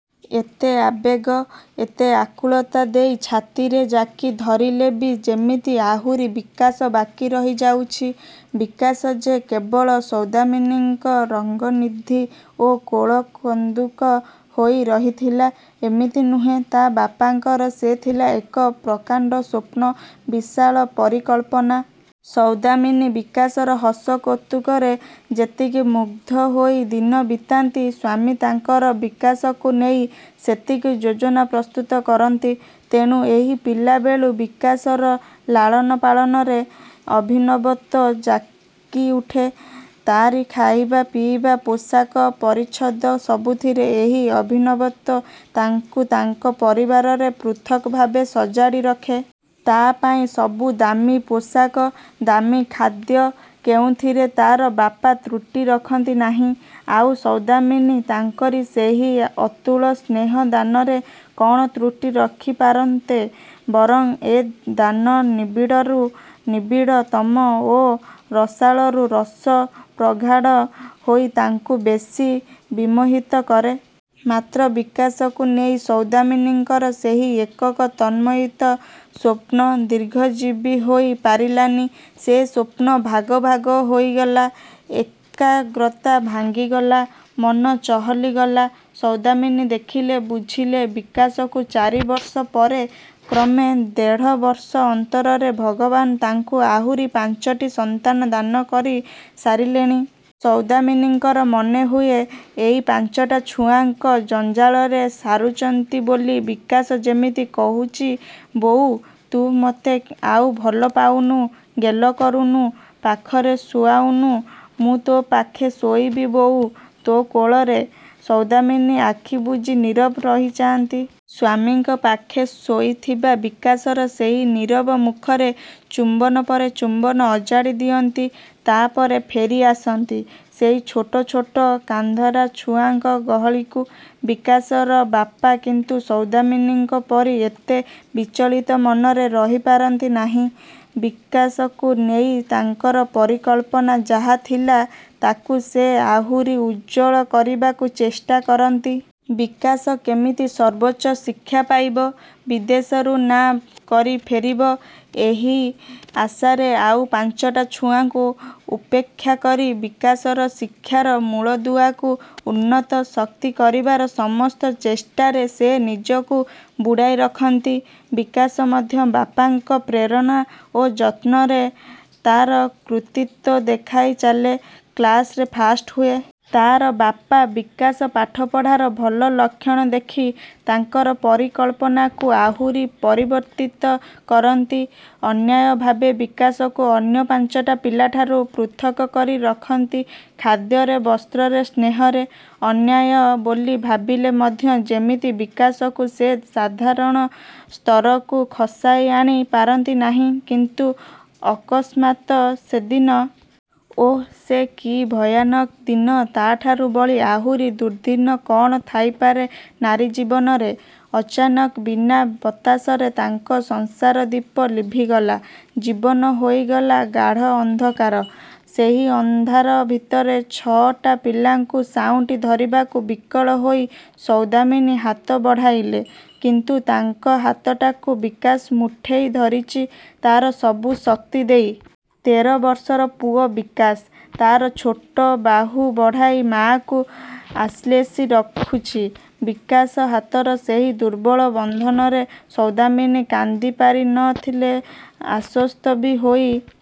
ଏତେ ଆବେଗ, ଏତେ ଆକୁଳତା ଦେଇ ଛାତିରେ ଜାକି ଧରିଲେ ବି ଯେମିତି ଆହୁରି ବିକାଶ ବାକି ରହି ଯାଉଛି। ବିକାଶ ଯେ କେବଳ ସୌଦାମିନୀଙ୍କ ରଙ୍କନିଧି ଓ କୋଳ କନ୍ଦୁକ ହୋଇ ରହିଥିଲା, ଏମିତି ନୁହେଁ, ତା ବାପାଙ୍କର ସେ ଥିଲା ଏକ ପ୍ରକାଣ୍ଡ ସ୍ୱପ୍ନ, ବିଶାଳ ପରିକଳ୍ପନା। ସୌଦାମିନୀ ବିକାଶର ହସ କୌତୁକରେ ଯେତିକି ମୁଗ୍ଧ ହୋଇ ଦିନ ବିତାନ୍ତି, ସ୍ୱାମୀ ତାଙ୍କର ବିକାଶକୁ ନେଇ ସେତିକି ଯୋଜନା ପ୍ରସ୍ତୁତ କରନ୍ତି। ତେଣୁ ଏହି ପିଲାବେଳୁ ବିକାଶର ଲାଳନପାଳନରେ ଅଭିନବତ୍ଵ ଜାଗି ଉଠେ। ତାରି ଖାଇବା, ପିଇବା, ପୋଷାକ, ପରିଚ୍ଛଦ ସବୁଥିରେ ଏହି ଅଭିନବତ୍ଵ ତାଙ୍କୁ ତାଙ୍କ ପରିବାରରେ ପୃଥକ ଭାବେ ସଜାଡ଼ି ରଖେ। ତା ପାଇଁ ସବୁ ଦାମୀ ପୋଷାକ, ଦାମୀ ଖାଦ୍ୟ କେଉଁଥିରେ ତାର ବାପା ତ୍ରୁଟି ରଖନ୍ତି ନାହିଁ। ଆଉ ସୌଦାମିନୀ, ତାଙ୍କରି ସେହି ଅତୁଳ ସ୍ନେହ ଦାନରେ କଣ ତ୍ରୁଟି ରଖି ପାରନ୍ତେ? ବରଂ ଏ ଦାନ ନିବିଡ଼ରୁ ନିବିଡ଼ ତମ ଓ ରସାଳରୁ ରସ ପ୍ରଗାଢ଼ ହୋଇ ତାଙ୍କୁ ବେଶୀ ବିମୋହିତ କରେ। ମାତ୍ର ବିକାଶକୁ ନେଇ ସୌଦାମିନୀଙ୍କର ସେହି ଏକକ ତନ୍ମୟିତ ସ୍ୱପ୍ନ ଦୀର୍ଘଜୀବୀ ହୋଇ ପାରିଲାନି। ସେ ସ୍ୱପ୍ନ ଭାଗ ଭାଗ ହୋଇଗଲା, ଏକାଗ୍ରତା ଭାଙ୍ଗିଗଲା। ମନ ଚହଲି ଗଲା । ସୌଦାମିନୀ ଦେଖିଲେ, ବୁଝିଲେ, ବିକାଶକୁ ଚାରି ବର୍ଷ ପରେ କ୍ରମେ ଦେଢ଼ ବର୍ଷ ଅନ୍ତରରେ ଭଗବାନ ତାଙ୍କୁ ଆହୁରି ପାଞ୍ଚଟି ସନ୍ତାନ ଦାନ କରି ସାରିଲେଣି। ସୌଦାମିନୀଙ୍କର ମନେହୁଏ, ଏଇ ପାଞ୍ଚଟା ଛୁଆଙ୍କ ଜଞ୍ଜାଳରେ ସାରୁଚନ୍ତି ବୋଲି ବିକାଶ ଯେମିତି କହୁଚି ବୋଉ, ତୁ ମତେ ଆଉ ଭଲ ପାଉନୁ, ଗେଲ କରୁନୁ, ପାଖରେ ଶୁଆଉନୁ । ମୁଁ ତୋ ପାଖେ ଶୋଇବି ବୋଉ, ତୋ କୋଳରେ। ସୌଦାମିନୀ ଆଖି ବୁଜି ନୀରବ ରହିଯାନ୍ତି। ସ୍ଵାମୀଙ୍କ ପାଖେ ଶୋଇଥିବା ବିକାଶର ସେହି ନୀରବ ମୁଖରେ ଚୁମ୍ବନ ପରେ ଚୁମ୍ବନ ଅଜାଡ଼ି ଦିଅନ୍ତି। ତାପରେ ଫେରି ଆସନ୍ତି ସେଇ ଛୋଟ ଛୋଟ କାନ୍ଦରା ଛୁଆଙ୍କ ଗହଳିକୁ। ବିକାଶର ବାପା କିନ୍ତୁ ସୌଦାମିନୀଙ୍କ ପରି ଏତେ ବିଚଳିତ ମନରେ ରହିପାରନ୍ତି ନାହିଁ। ବିକାଶକୁ ନେଇ ତାଙ୍କର ପରିକଳ୍ପନା ଯାହା ଥିଲା ତାକୁ ସେ ଆହୁରି ଉଜ୍ଜ୍ୱଳ କରିବାକୁ ଚେଷ୍ଟା କରନ୍ତି। ବିକାଶ କେମିତି ସର୍ବୋଚ୍ଚ ଶିକ୍ଷା ପାଇବ, ବିଦେଶରୁ ନାଁ କରି ଫେରିବ, ଏହି ଆଶାରେ ଆଉ ପାଞ୍ଚଟା ଛୁଆଙ୍କୁ ଉପେକ୍ଷା କରି, ବିକାଶର ଶିକ୍ଷାର ମୂଳଦୁଆକୁ ଉନ୍ନତ, ଶକ୍ତି କରିବାର ସମସ୍ତ ଚେଷ୍ଠାରେ ସେ ନିଜକୁ ବୁଡ଼ାଇ ରଖନ୍ତି। ବିକାଶ ମଧ୍ୟ ବାପାଙ୍କ ପ୍ରେରଣା ଓ ଯତ୍ନରେ ତାର କୃତିତ୍ୱ ଦେଖାଇ ଚାଲେ, କ୍ଲାସରେ ଫାଷ୍ଟ ହୁଏ। ତାର ବାପା, ବିକାଶ ପାଠପଢ଼ାର ଭଲ ଲକ୍ଷଣ ଦେଖି ତାଙ୍କର ପରିକଳ୍ପନାକୁ ଆହୁରି ପରିବର୍ଦ୍ଧିତ କରନ୍ତି। ଅନ୍ୟାୟ ଭାବେ ବିକାଶକୁ ଅନ୍ୟ ପାଞ୍ଚଟା ପିଲାଠାରୁ ପୃଥକ କରି ରଖନ୍ତି, ଖାଦ୍ୟରେ, ବସ୍ତ୍ରରେ, ସ୍ନେହରେ। ଅନ୍ୟାୟ ବୋଲି ଭାବିଲେ ମଧ୍ୟ ଯେମିତି ବିକାଶକୁ ସେ ସାଧାରଣ ସ୍ତରକୁ ଖସାଇ ଆଣି ପାରନ୍ତି ନାହିଁ କିନ୍ତୁ ଅକସ୍ମାତ ସେଦିନ। ଓଃ, ସେ କି ଭୟାନକ ଦିନ ତାଠାରୁ ବଳି ଆହୁରି ଦୁର୍ଦ୍ଦିନ କଣ ଥାଇପାରେ ନାରୀ ଜୀବନରେ? ଅଚାନକ ବିନା ବତାସରେ ତାଙ୍କ ସଂସାରଦୀପ ଲିଭିଗଲା । ଜୀବନ ହୋଇଗଲା ଗାଢ଼ ଅନ୍ଧକାର। ସେହି ଅନ୍ଧାର ଭିତରେ ଛ ଟା ପିଲାଙ୍କୁ ସାଉଁଟି ଧରିବାକୁ ବିକଳ ହୋଇ ସୌଦାମିନୀ ହାତ ବଢ଼ାଇଲେ କିନ୍ତୁ ତାଙ୍କ ହାତଟାକୁ ବିକାଶ ମୁଠେଇ ଧରିଚି, ତାର ସବୁ ଶକ୍ତି ଦେଇ। ତେର ବର୍ଷର ପୁଅ ବିକାଶ। ତାର ଛୋଟ ବାହୁ ବଢ଼ାଇ ମାଆକୁ ଆଶ୍ଳେଷି ରଖୁଛି। ବିକାଶ ହାତର ସେହି ଦୁର୍ବଳ ବନ୍ଧନରେ ସୌଦାମିନୀ କାନ୍ଦିପାରି ନ ଥିଲେ। ଆଶ୍ଵସ୍ତ ବି ହୋଇ